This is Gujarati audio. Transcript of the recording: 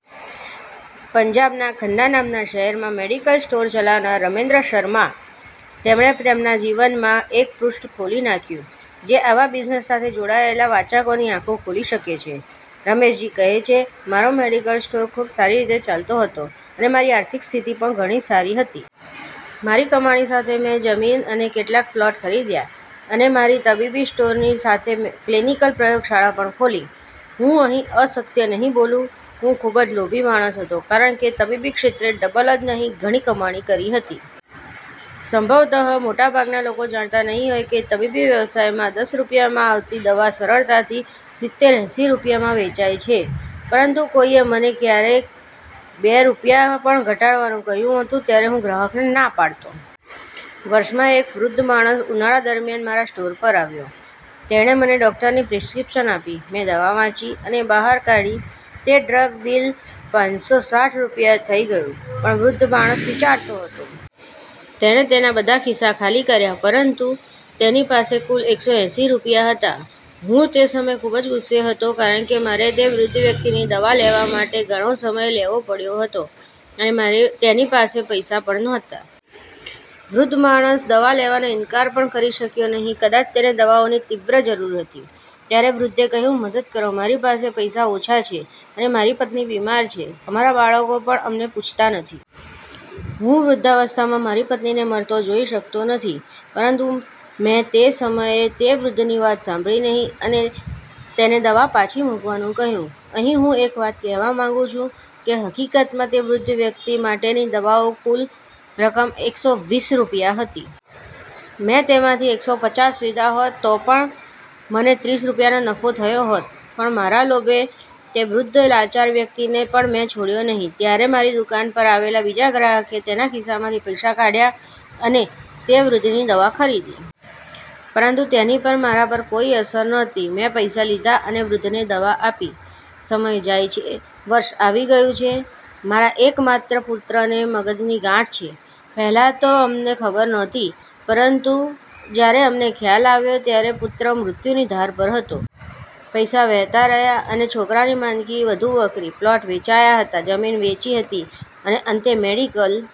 પંજાબના 'ખન્ના' નામના શહેરમાં મેડિકલ સ્ટોર ચલાવનાર રમેશચંદ્ર શર્મા; તેમણે તેમના જીવનમાં એક પૃષ્ઠ ખોલી નાખ્યું, જે આવા બિઝનેસ સાથે જોડાયેલા વાચકોની આંખો ખોલી શકે છે. રમેશજી કહે છે કે મારો મેડિકલ સ્ટોર ખૂબ જ સારી રીતે ચાલતો હતો અને મારી આર્થિક સ્થિતિ પણ ઘણી સારી હતી. મારી કમાણી સાથે મેં જમીન અને કેટલાક પ્લોટ ખરીદ્યા અને મારા તબીબી સ્ટોરની સાથે ક્લિનિકલ પ્રયોગશાળા પણ ખોલી. હું અહીં અસત્ય નહીં બોલું. હું ખૂબ જ લોભી માણસ હતો, કારણ કે તબીબી ક્ષેત્રે ડબલ જ નહીં, ઘણી કમાણી કરી હતી. સંભવત: મોટાભાગના લોકો જાણતા નહીં હોય કે તબીબી વ્યવસાયમાં દસ રૂપિયામાં આવતી દવા સરળતાથી સિત્તેર -એંસી રૂપિયામાં વેચાય છે. પરંતુ કોઈએ મને ક્યારેક બે રૂપિયા પણ ઘટાડવાનું કહ્યું હતું, ત્યારે હું ગ્રાહકને ના પાડતો. વર્ષ માં એક વૃદ્ધ માણસ ઉનાળા દરમિયાન મારા સ્ટોર પર આવ્યો. તેણે મને ડૉક્ટરની પ્રિસ્ક્રિપ્શન આપી. મેં દવા વાંચી અને બહાર કાઢી તે ડ્રગ બિલ પાનસો સાઠ રૂપિયા થઈ ગયું. પણ વૃદ્ધ માણસ વિચારતો હતો. તેણે તેના બધાં ખિસ્સાં ખાલી કર્યાં, પરંતુ તેની પાસે કુલ એકસો એંસી રૂપિયા હતા. હું તે સમયે ખૂબ જ ગુસ્સે હતો, કારણ કે મારે તે વૃદ્ધ વ્યક્તિની દવા લેવા માટે ઘણો સમય લેવો પડ્યો હતો અને તેની પાસે પૈસા પણ નહોતા. વૃદ્ધ માણસ દવા લેવાનો ઇનકાર પણ કરી શક્યો નહીં. કદાચ તેને દવાઓની તીવ્ર જરૂર હતી. ત્યારે વૃદ્ધે કહ્યું, "મદદ કરો. મારી પાસે પૈસા ઓછા છે અને મારી પત્ની બીમાર છે. અમારાં બાળકો પણ અમને પૂછતાં નથી. હું વૃદ્ધાવસ્થામાં મારી પત્નીને મરતો જોઈ શકતો નથી. " પરંતુ મેં તે સમયે તે વૃદ્ધની વાત સાંભળી નહીં અને તેને દવા પાછી મૂકવાનું કહ્યું. અહીં હું એક વાત કહેવા માંગુ છું કે હકીકતમાં તે વૃદ્ધ વ્યક્તિ માટેની દવાઓની કુલ રકમ એકસો વીસ રૂપિયા હતી. મેં તેમાંથી એકસો પચાસ રૂપિયા લીધા હોત તો પણ મને ત્રીસ રૂપિયાનો નફો થયો હોત. પણ મારા લોભે તે વૃદ્ધ લાચાર વ્યક્તિને પણ મેં છોડ્યો નહીં. ત્યારે મારી દુકાન પર આવેલા બીજા ગ્રાહકે તેના ખિસ્સામાંથી પૈસા કાઢયા અને તે વૃદ્ધની દવા ખરીદી. પરંતુ તેની પણ મારા પર કોઈ અસર નહોતી. મેં પૈસા લીધા અને વૃદ્ધને દવા આપી. સમય જાય છે. વર્ષ આવી ગયું છે. મારા એકમાત્ર પુત્રને મગજની ગાંઠ છે. પહેલાં તો અમને ખબર નહોતી, પરંતુ જ્યારે તેનો ખ્યાલ આવ્યો ત્યારે પુત્ર મૃત્યુની ધાર પર હતો. પૈસા વહેતા રહ્યા અને છોકરાની માંદગી વધુ વકરી. પ્લોટ વેચાયા હતા, જમીન વેચી હતી અને અંતે મેડિકલ